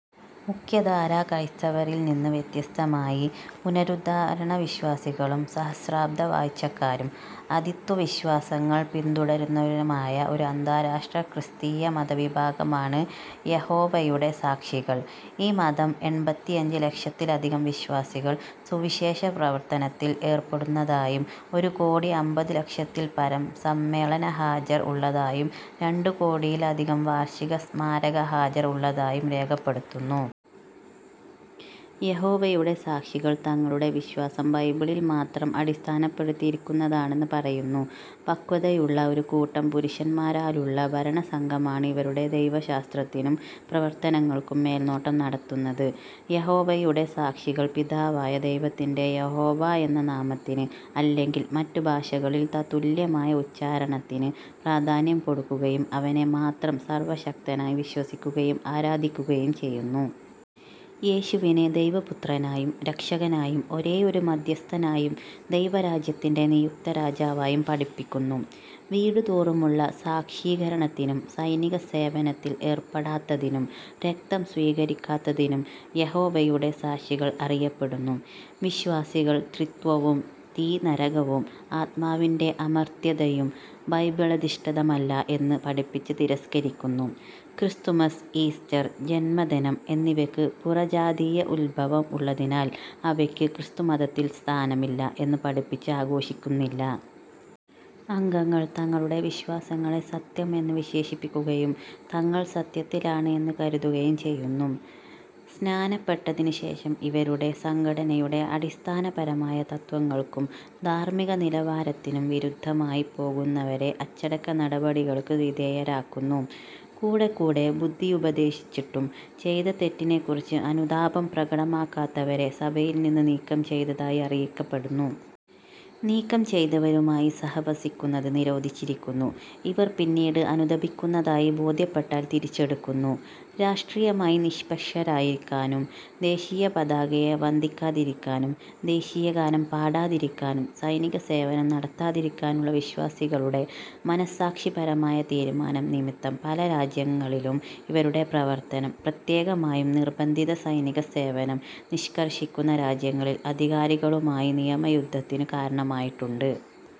മുഖ്യധാരാക്രൈസ്തവരിൽ നിന്നു വ്യത്യസ്തമായി പുനരുദ്ധാരണവിശ്വാസികളും, സഹസ്രാബ്ദവാഴ്ച്ചക്കാരും, അത്രിത്വവിശ്വാസങ്ങൾ പിന്തുടരുന്നവരുമായ ഒരു അന്താരാഷ്ട്ര ക്രിസ്തീയ മതവിഭാഗമാണ് യഹോവയുടെ സാക്ഷികൾ. ഈ മതം എണ്പത്തിയഞ്ച് ലക്ഷത്തിലധികം വിശ്വാസികൾ സുവിശേഷപ്രവർത്തനത്തിൽ ഏർപ്പെടുന്നതായും, ഒരു കോടി അമ്പതു ലക്ഷത്തിൽപരം സമ്മേളനഹാജർ ഉള്ളതായും രണ്ട് കോടിയിൽ അധികം വാർഷിക സ്മാരക ഹാജർ ഉള്ളതായും രേഖപ്പെടുത്തുന്നു. യഹോവയുടെ സാക്ഷികൾ തങ്ങളുടെ വിശ്വാസം ബൈബിളിൽ മാത്രം അടിസ്ഥാനപ്പെടുത്തിയിരിക്കുന്നതാണെന്ന് പറയുന്നു. പക്വതയുള്ള ഒരു കൂട്ടം പുരുഷന്മാരാലുള്ള ഭരണസംഘമാണ് ഇവരുടെ ദൈവശാസ്ത്രത്തിനും, പ്രവർത്തനങ്ങൾക്കും മേൽനോട്ടം നടത്തുന്നത് യഹോവയുടെ സാക്ഷികൾ പിതാവായ ദൈവത്തിന്റെ യഹോവ എന്ന നാമത്തിന്—അല്ലെങ്കിൽ മറ്റുഭാഷകളിൽ തത്തുല്യമായ ഉച്ചാരണത്തിന്—പ്രാധാന്യം കൊടുക്കുകയും അവനെ മാത്രം സർവ്വശക്തനായ് വിശ്വസിക്കുകയും ആരാധിക്കുകയും ചെയ്യുന്നു. യേശുവിനെ ദൈവപുത്രനായും, രക്ഷകനായും, ഒരേയൊരു മദ്ധ്യസ്ഥനായും, ദൈവരാജ്യത്തിന്റെ നിയുക്ത രാജാവായും പഠിപ്പിക്കുന്നു. വീടുതോറുമുള്ള സാക്ഷീകരണത്തിനും, സൈനിക സേവനത്തിൽ ഏർപ്പെടാത്തതിനും, രക്തം സ്വീകരിക്കാത്തതിനും യഹോവയുടെ സാക്ഷികൾ അറിയപ്പെടുന്നു. വിശ്വാസികൾ ത്രിത്വവും, തീ നരകവും, ആത്മാവിന്റെ അമർത്യതയും ബൈബിളധിഷ്ഠിതമല്ല എന്ന് പഠിപ്പിച്ച് തിരസ്കരിക്കുന്നു. ക്രിസ്തുമസ്, ഈസ്റ്റർ, ജന്മദിനം എന്നിവയ്ക്ക് പുറജാതീയ ഉദ്ഭവം ഉള്ളതിനാൽ അവയ്ക്ക് ക്രിസ്തുമതത്തിൽ സ്ഥാനമില്ല എന്നു പഠിപ്പിച്ച് ആഘോഷിക്കുന്നില്ല. അംഗങ്ങൾ തങ്ങളുടെ വിശ്വാസങ്ങളെ "സത്യം" എന്ന് വിശേഷിപ്പിക്കുകയും, തങ്ങൾ "സത്യത്തിലാണ്" എന്ന് കരുതുകയും ചെയ്യുന്നു. സ്നാനപ്പെട്ടതിനു ശേഷം ഇവരുടെ സംഘടനയുടെ അടിസ്ഥാനപരമായ തത്ത്വങ്ങൾക്കും, ധാർമ്മിക നിലവാരത്തിനും വിരുദ്ധമായി പോകുന്നവരെ അച്ചടക്ക നടപടികൾക്ക് വിധേയരാക്കുന്നു. കൂടെക്കൂടെ ബുദ്ധിയുപദേശിച്ചിട്ടും ചെയ്ത തെറ്റിനെക്കുറിച്ച് അനുതാപം പ്രകടമാക്കാത്തവരെ സഭയിൽ നിന്ന് നീക്കം ചെയ്തതായി അറിയിക്കപ്പെടുന്നു. നീക്കം ചെയ്തവരുമായി സഹവസിക്കുന്നത് നിരോധിച്ചിരിക്കുന്നു. ഇവർ പിന്നീട് അനുതപിക്കുന്നതായി ബോധ്യപ്പെട്ടാൽ തിരിച്ചെടുക്കുന്നു. രാഷ്ട്രീയമായി നിഷ്പക്ഷരായിരിക്കാനും, ദേശീയപതാകയെ വന്ദിക്കാതിരിക്കാനും, ദേശീയഗാനം പാടാതിരിക്കാനും, സൈനിക സേവനം നടത്താതിരിക്കാനുള്ള വിശ്വാസികളുടെ മനസാക്ഷിപരമായ തീരുമാനം നിമിത്തം പല രാജ്യങ്ങളിലും ഇവരുടെ പ്രവർത്തനം, പ്രത്യേകമായും നിർബന്ധിത സൈനിക സേവനം നിഷ്കർഷിക്കുന്ന രാജ്യങ്ങളിൽ അധികാരികളുമായി നിയമയുദ്ധത്തിനു കാരണമായിട്ടുണ്ട്.